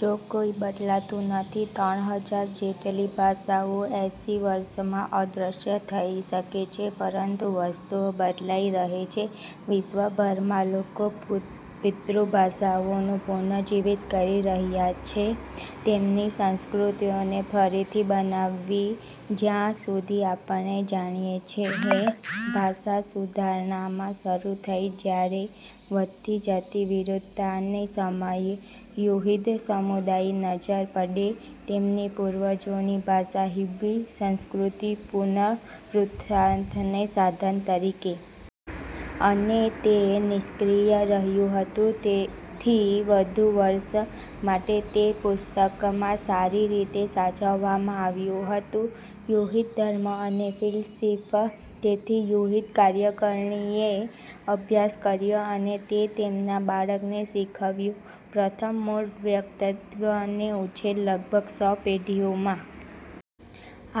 જો કંઇ બદલાતું નથી, ત્રણ હજાર જેટલી ભાષાઓ એંસી વર્ષોમાં અદૃશ્ય થઈ શકે છે, પરંતુ વસ્તુઓ બદલાઈ રહી છે. વિશ્વભરમાં લોકો પિતૃભાષાઓને પુનર્જીવિત કરી રહ્યાં છે અને તેમની સંસ્કૃતિઓને ફરીથી બનાવવી. જ્યાં સુધી આપણે જાણીએ છીએ, ભાષા સુધારણા માં શરૂ થઈ, જ્યારે વધતી જતી વિરોધીતાના સમયે, યહૂદી સમુદાયો નજરે પડ્યા તેમની પૂર્વજોની ભાષા, હીબ્રુ, સાંસ્કૃતિક પુનરુત્થાનના સાધન તરીકે. અને તે નિષ્ક્રિય રહ્યું હતું થી વધુ વર્ષો માટે, તે પુસ્તકોમાં સારી રીતે સાચવવામાં આવ્યું હતું યહૂદી ધર્મ અને ફિલસૂફી. તેથી યહૂદી કાર્યકરોએ અભ્યાસ કર્યો અને તે તેમના બાળકોને શીખવ્યું, પ્રથમ મૂળ વક્તાઓનો ઉછેર લગભગ સો પેઢીઓમાં.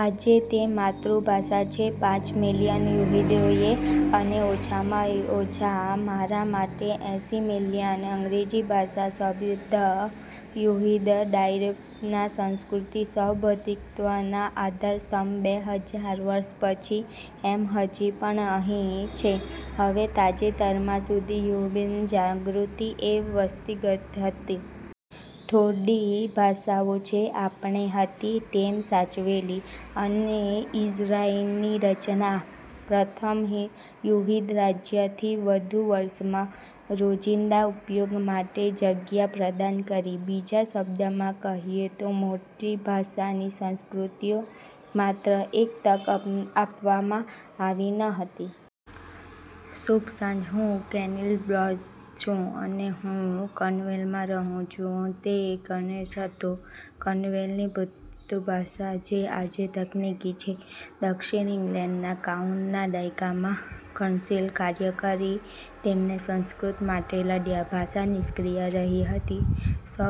આજે, તે માતૃભાષા છે પાંચ મિલિયન યહૂદીઓ. અને ઓછામાં ઓછા મારા માટે, એસિમિલેટેડ અંગ્રેજી ભાષી સભ્ય યહૂદી ડાયસ્પોરાના, સાંસ્કૃતિક સાર્વભૌમત્વનો આધારસ્તંભ. બે હજાર વર્ષ પછી, અમે હજી પણ અહીં છીએ. હવે, તાજેતરમાં સુધી, હિબ્રુની જાગૃતિ એ વિસંગતતા હતી. થોડી ભાષાઓ છે આપણું હતું તેમ સાચવેલ, અને ઇઝરાઇલની રચના, પ્રથમ યહૂદી રાજ્ય થી વધુ વર્ષોમાં, હિબ્રુના રોજિંદા ઉપયોગ માટે જગ્યા પ્રદાન કરી. બીજા શબ્દોમાં કહીએ તો, મોટા ભાગની સંસ્કૃતિઓ માત્ર એક તક આપવામાં આવી ન હતી. શુભ સાંજ, હું એલિઝાબેથ છું અને હું કોર્નવાલમાં રહું છું. તે કોર્નિશ હતો, કોર્નવોલની પિતૃભાષા, જે આજે તકનીકી છે દક્ષિણ ઇંગ્લેન્ડની કાઉન્ટી. ના દાયકામાં કોર્નિશ કાર્યકરો તેમની સંસ્કૃતિ માટે લડ્યા. ભાષા નિષ્ક્રિય રહી હતી સો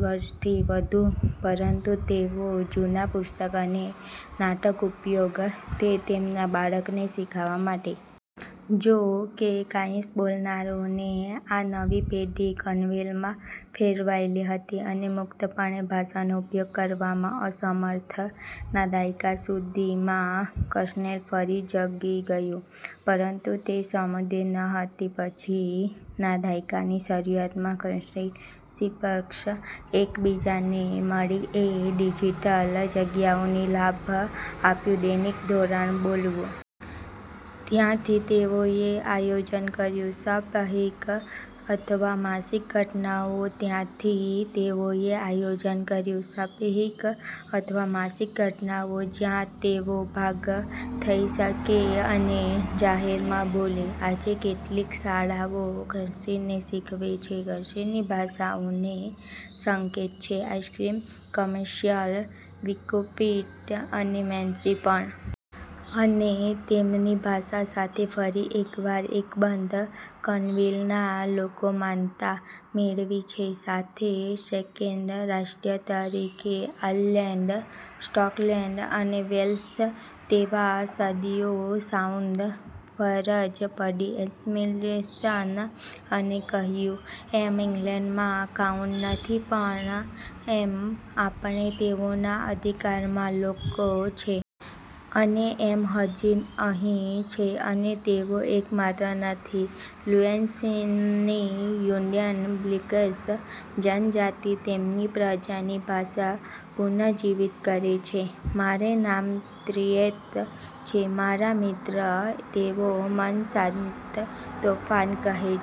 વર્ષથી વધુ પરંતુ તેઓ જૂના પુસ્તકો અને નાટકો ઉપયોગ તે તેમના બાળકોને શીખવવા માટે. જો કે, કોર્નિશ બોલનારાઓની આ નવી પેઢી કોર્નવોલમાં ફેલાયેલો હતો અને મુક્તપણે ભાષાનો ઉપયોગ કરવામાં અસમર્થ. ના દાયકા સુધીમાં, કોર્નિશ ફરી જાગી ગયો, પરંતુ તે સમૃદ્ધ નહોતું. પછી, ના દાયકાની શરૂઆતમાં, કોર્નિશ સ્પીકર્સ એક બીજાને મળી અને ડિજિટલ જગ્યાઓનો લાભ આપ્યો દૈનિક ધોરણે બોલવું. ત્યાંથી, તેઓએ આયોજન કર્યું સાપ્તાહિક અથવા માસિક ઘટનાઓ ત્યાંથી, તેઓએ આયોજન કર્યું સાપ્તાહિક અથવા માસિક ઘટનાઓ જ્યાં તેઓ ભેગા થઈ શકે અને જાહેરમાં બોલો. આજે, કેટલીક શાળાઓ કોર્નિશને શીખવે છે. કોર્નિશ ભાષાના સંકેતો છે, આઈસ્ક્રીમ કમર્શિયલ, વિકિપીડિયા, અને મેમ્સ પણ. અને તેમની ભાષા સાથે ફરી એકવાર અકબંધ, કોર્નવોલના લોકો માન્યતા મેળવી છે સાથે સેલ્ટિક રાષ્ટ્ર તરીકે આયર્લેન્ડ, સ્કોટલેન્ડ અને વેલ્સ. તેઓ સદીઓ ડાઉન ફરજ પડી એસિમિલેશન અને કહ્યું, "અમે ઇંગ્લેન્ડમાં કાઉન્ટી નથી. અમે આપણા પોતાના અધિકારમાં લોકો છીએ. અને અમે હજી અહીં છીએ. " અને તેઓ એકમાત્ર નથી. લ્યુઇસિયાનાની ટ્યુનિકા-બિલોક્સી જનજાતિ તેમની પૂર્વજોની ભાષાને પુનર્જીવિત કરી છે. મારું નામ તેયન્ના છે. મારા મિત્રો, તેઓ મને "શાંત તોફાન" કહે છે.